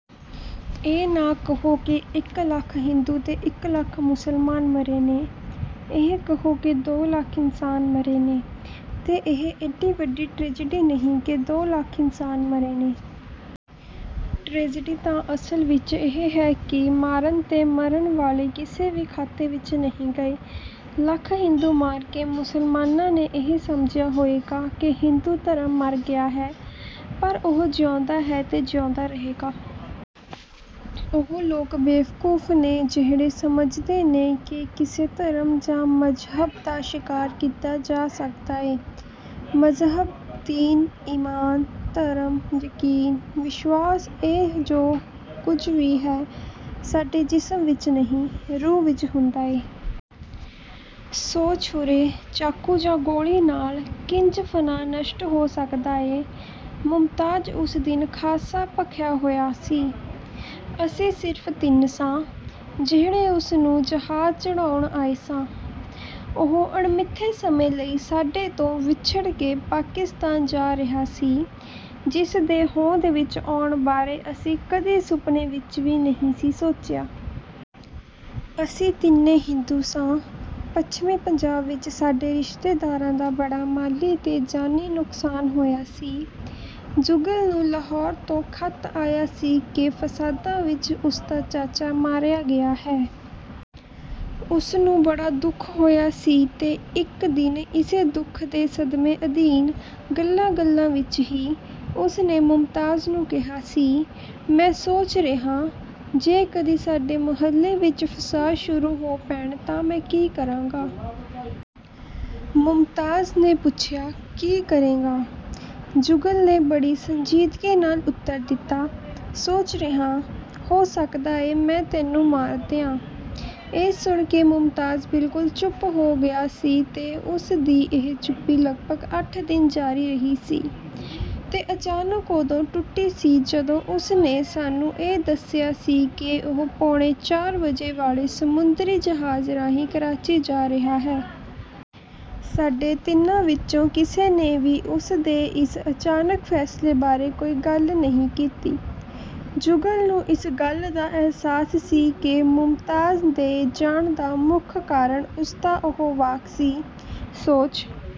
ਇਹ ਨਾ ਕਹੋ ਕਿ ਇੱਕ ਲੱਖ ਹਿੰਦੂ ਤੇ ਇੱਕ ਲੱਖ ਮੁਸਲਮਾਨ ਮਰੇ ਨੇ। ਇਹ ਕਹੋ ਕਿ ਦੋ ਲੱਖ ਇਨਸਾਨ ਮਰੇ ਨੇ। ਤੇ ਇਹ ਏਡੀ ਵੱਡੀ ਟ੍ਰੇਜ਼ਡੀ ਨਹੀਂ ਕਿ ਦੋ ਲੱਖ ਇਨਸਾਨ ਮਰੇ ਨੇ। ਟ੍ਰੇਜ਼ਡੀ ਤਾਂ ਅਸਲ ਵਿਚ ਇਹ ਹੈ ਕਿ ਮਾਰਨ ਤੇ ਮਰਨ ਵਾਲੇ ਕਿਸੇ ਵੀ ਖਾਤੇ ਵਿਚ ਨਹੀਂ ਗਏ। ਲੱਖ ਹਿੰਦੂ ਮਾਰ ਕੇ ਮੁਸਲਮਾਨਾਂ ਨੇ ਇਹ ਸਮਝਿਆ ਹੋਏਗਾ ਕਿ ਹਿੰਦੂ ਧਰਮ ਮਰ ਗਿਆ ਹੈ, ਪਰ ਉਹ ਜਿਉਂਦਾ ਹੈ ਤੇ ਜਿਉਂਦਾ ਰਹੇਗਾ। ਉਹ ਲੋਕ ਬੇਵਕੂਫ਼ ਨੇ ਜਿਹੜੇ ਸਮਝਦੇ ਨੇ ਕਿ ਕਿਸੇ ਧਰਮ ਜਾਂ ਮਜ਼ਹਬ ਦਾ ਸ਼ਿਕਾਰ ਕੀਤਾ ਜਾ ਸਕਦਾ ਏ। ਮਜ਼ਹਬ, ਦੀਨ, ਈਮਾਨ, ਧਰਮ, ਯਕੀਨ, ਵਿਸ਼ਵਾਸ ਇਹ ਜੋ ਕੁਝ ਵੀ ਹੈ, ਸਾਡੇ ਜਿਸਮ ਵਿਚ ਨਹੀਂ, ਰੂਹ ਵਿਚ ਹੁੰਦਾ ਏ। ਸੋ ਛੁਰੇ, ਚਾਕੂ ਜਾਂ ਗੋਲੀ ਨਾਲ ਕਿੰਜ ਫਨਾਹ ਨਸ਼ਟ ਹੋ ਸਕਦਾ ਏ? ਮੁਮਤਾਜ਼ ਉਸ ਦਿਨ ਖਾਸਾ ਭਖਿਆ ਹੋਇਆ ਸੀ। ਅਸੀਂ ਸਿਰਫ ਤਿੰਨ ਸਾਂ, ਜਿਹੜੇ ਉਸ ਨੂੰ ਜਹਾਜ਼ ਚੜ੍ਹਾਉਣ ਆਏ ਸਾਂ। ਉਹ ਅਣਮਿਥੇ ਸਮੇਂ ਲਈ ਸਾਡੇ ਤੋਂ ਵਿੱਛੜ ਕੇ ਪਾਕਿਸਤਾਨ ਜਾ ਰਿਹਾ ਸੀ, ਜਿਸ ਦੇ ਹੋਂਦ ਵਿਚ ਆਉਣ ਬਾਰੇ ਅਸੀਂ ਕਦੀ ਸੁਪਨੇ ਵਿਚ ਵੀ ਨਹੀਂ ਸੀ ਸੋਚਿਆ। ਅਸੀਂ ਤਿੰਨੇ ਹਿੰਦੂ ਸਾਂ। ਪੱਛਮੀ ਪੰਜਾਬ ਵਿਚ ਸਾਡੇ ਰਿਸ਼ਤੇਦਾਰਾਂ ਦਾ ਬੜਾ ਮਾਲੀ ਤੇ ਜਾਨੀ ਨੁਕਸਾਨ ਹੋਇਆ ਸੀ। ਜੁਗਲ ਨੂੰ ਲਾਹੌਰ ਤੋਂ ਖ਼ਤ ਆਇਆ ਸੀ ਕਿ ਫਸਾਦਾਂ ਵਿਚ ਉਸ ਦਾ ਚਾਚਾ ਮਾਰਿਆ ਗਿਆ ਹੈ। ਉਸ ਨੂੰ ਬੜਾ ਦੁੱਖ ਹੋਇਆ ਸੀ ਤੇ ਇੱਕ ਦਿਨ ਇਸੇ ਦੁੱਖ ਦੇ ਸਦਮੇਂ ਅਧੀਨ, ਗੱਲਾਂ ਗੱਲਾਂ ਵਿਚ ਹੀ, ਉਸ ਨੇ ਮੁਮਤਾਜ਼ ਨੂੰ ਕਿਹਾ ਸੀ, ਮੈਂ ਸੋਚ ਰਿਹਾਂ, ਜੇ ਕਦੀ ਸਾਡੇ ਮੁਹੱਲੇ ਵਿਚ ਫਸਾਦ ਸ਼ੁਰੂ ਹੋ ਪੈਣ ਤਾਂ ਮੈਂ ਕੀ ਕਰਾਂਗਾ? ਮੁਮਤਾਜ਼ ਨੇ ਪੁੱਛਿਆ, ਕੀ ਕਰੇਂਗਾ? ਜੁਗਲ ਨੇ ਬੜੀ ਸੰਜੀਦਗੀ ਨਾਲ ਉੱਤਰ ਦਿੱਤਾ, ਸੋਚ ਰਿਹਾਂ, ਹੋ ਸਕਦਾ ਏ ਮੈਂ ਤੈਨੂੰ ਮਾਰ ਦਿਆਂ! ਇਹ ਸੁਣ ਕੇ ਮੁਮਤਾਜ਼ ਬਿਲਕੁਲ ਚੁੱਪ ਹੋ ਗਿਆ ਸੀ ਤੇ ਉਸ ਦੀ ਇਹ ਚੁੱਪੀ ਲਗਭਗ ਅੱਠ ਦਿਨ ਜਾਰੀ ਰਹੀ ਸੀ, ਤੇ ਅਚਾਨਕ ਉਦੋਂ ਟੁੱਟੀ ਸੀ ਜਦੋਂ ਉਸ ਨੇ ਸਾਨੂੰ ਇਹ ਦੱਸਿਆ ਸੀ ਕਿ ਉਹ ਪੌਣੇ ਚਾਰ ਵਜੇ ਵਾਲੇ ਸਮੁੰਦਰੀ ਜਹਾਜ਼ ਰਾਹੀਂ ਕਰਾਚੀ ਜਾ ਰਿਹਾ ਹੈ। ਸਾਡੇ ਤਿੰਨਾਂ ਵਿਚੋਂ ਕਿਸੇ ਨੇ ਵੀ ਉਸ ਦੇ ਇਸ ਅਚਾਨਕ ਫੈਸਲੇ ਬਾਰੇ ਕੋਈ ਗੱਲ ਨਹੀਂ ਕੀਤੀ। ਜੁਗਲ ਨੂੰ ਇਸ ਗੱਲ ਦਾ ਅਹਿਸਾਸ ਸੀ ਕਿ ਮੁਮਤਾਜ਼ ਦੇ ਜਾਣ ਦਾ ਮੁੱਖ ਕਾਰਣ ਉਸ ਦਾ ਉਹ ਵਾਕ ਸੀ, ਸੋਚ